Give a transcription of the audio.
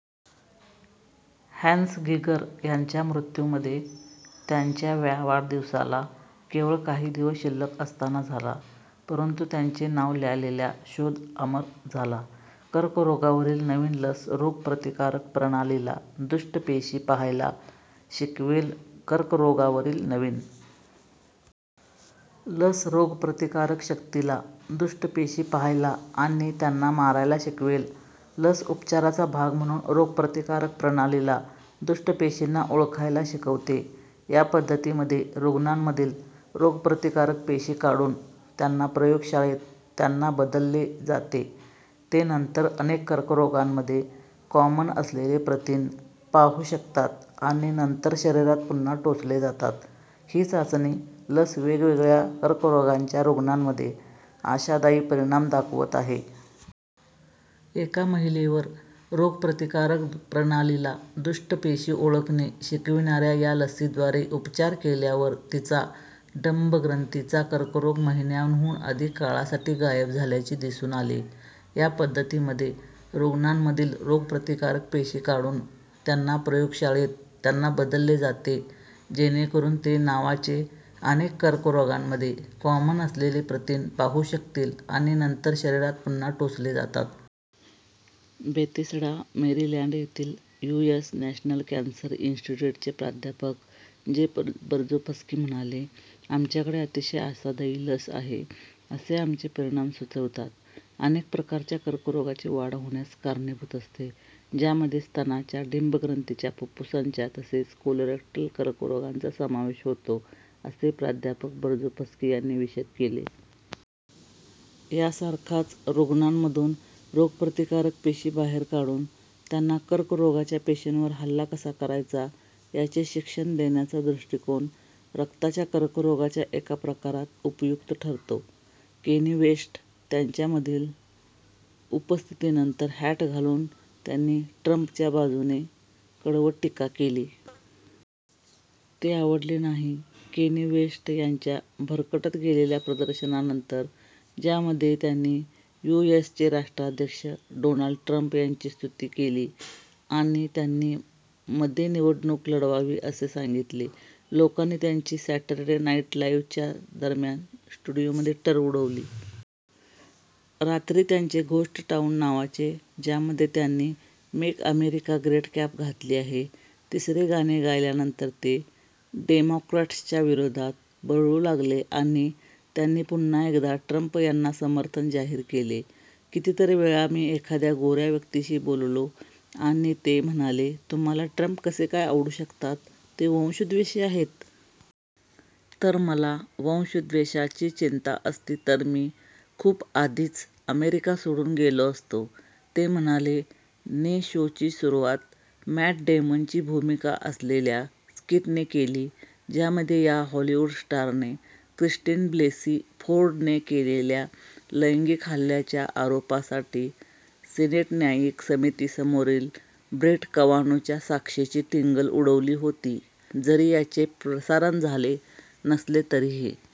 " "Hans" Geiger यांचा मृत्यू मध्ये, त्यांच्या व्या वाढदिवसाला केवळ काही दिवस शिल्लक असताना झाला. परंतु त्यांचे नाव ल्यालेला शोध अमर झाला. कर्करोगावरील नवीन लस रोगप्रतिकारक प्रणालीला दुष्ट पेशी 'पहायला' शिकवेल कर्करोगावरील नवीन लस रोगप्रतिकारक शक्तीला दुष्ट पेशी 'पहायला' आणि त्यांना मारायला शिकवेल लस उपचाराचा भाग म्हणून रोगप्रतिकारक प्रणालीला दुष्ट पेशींना ओळखायला शिकवते या पद्धतीमध्ये रूग्णांमधील रोगप्रतिकारक पेशी काढून त्यांना प्रयोगशाळेत त्यांना बदलले जाते ते नंतर अनेक कर्करोगांमध्ये कॉमन असलेले प्रथिन 'पाहू' शकतात आणि नंतर शरीरात पुन्हा टोचले जातात ही चाचणी लस वेगवेगळ्या कर्करोगांच्या रूग्णांमध्ये आशादायी परिणाम दाखवत आहे. एका महिलेवर रोगप्रतिकारक प्रणालीला दुष्ट पेशी ओळखणे शिकवणाऱ्या या लसीद्वारे उपचार केल्यावर तिचा डिंबग्रंथिंचा कर्करोग महिन्यांहून अधिक काळासाठी गायब झाल्याचे दिसून आले. या पद्धतीमध्ये रूग्णांमधील रोगप्रतिकारक पेशी काढून त्यांना प्रयोगशाळेत त्यांना बदलले जाते जेणेकरून ते नावाचे, अनेक कर्करोगांमध्ये कॉमन असलेले प्रथिन "पाहू" शकतील आणि नंतर शरीरात पुन्हा टोचले जातात. बेथेस्डा, मेरीलँड येथील युएस नॅशनल कॅसर इंस्टिट्यूटचे प्राध्यापक जे बर्झोफ्स्की म्हणाले: "आमच्याकडे अतिशय आशादायी लस आहे असे आमचे परिणाम सुचवतात. " "अनेक प्रकारच्या कर्करोगाची वाढ होण्यास कारणीभूत असते," ज्यामध्ये स्तनाच्या, डिंबग्रंथिच्या, फुफ्फुसांच्या तसेच कोलोरेक्टल कर्करोगांचा समावेश होतो, असे प्राध्यापक बर्झोफ्स्की यांनी विशद केले. यासारखाच, रूग्णांमधून रोगप्रतिकारक पेशी बाहेर काढून त्यांना कर्करोगाच्या पेशींवर हल्ला कसा करायचा याचे "शिक्षण" देण्याचा दृष्टीकोन रक्ताच्या कर्करोगाच्या एका प्रकारात उपयुक्त ठरतो. केनी वेस्ट त्यांच्या मधील उपस्थितीनंतर हॅट घालून त्यांनी ट्रंपच्या-बाजुने कडवट टीका केली. ते आवडले नाही केनी वेस्ट यांच्या भरकटत गेलेल्या प्रदर्शनानंतर ज्यामध्ये त्यांनी यु. एस. चे राष्ट्राध्यक्ष डोनाल्ड ट्रंप यांची स्तुती केली आणि त्यांनी मध्ये निवडणूक लढवावी असे सांगितले, लोकांनी त्यांची सॅटरडे नाईट लाइव्हच्या दरम्यान स्टुडिओमध्ये टर उडवली. रात्री त्यांचे घोस्ट टाउन नावाचे ज्यामध्ये त्यांनी मेक अमेरिका ग्रेट कॅप घातली आहे, तिसरे गाणे गायल्यानंतर ते डेमॉक्रॅट्सच्या विरोधात बरळू लागले आणि त्यांनी पुन्हा एकदा ट्रंप यांना समर्थन जाहिर केले. "कितीतरी वेळा मी एखाद्या गोऱ्या व्यक्तीशी बोललो आणि ते म्हणाले: "तुम्हाला ट्रंप कसे आवडू शकतात, ते वंशद्वेशी आहेत? " तर, मला वंशद्वेशाची चिंता असती तर मी खूप आधीच अमेरिका सोडून गेलो असतो," ते म्हणाले. ने शोची सुरुवात मॅट डेमनची भूमिका असलेल्या स्कीटने केली ज्यामध्ये या हॉलिवूड स्टारने क्रिस्टिन ब्लेसी फोर्डने केलेल्या लैंगिक हल्ल्याच्या आरोपांसाठी सिनेट न्यायिक समितीसमोरील ब्रेट कवानुच्या साक्षेची टिंगल उडवली होती. जरी याचे प्रसारण झाले नसले तरीही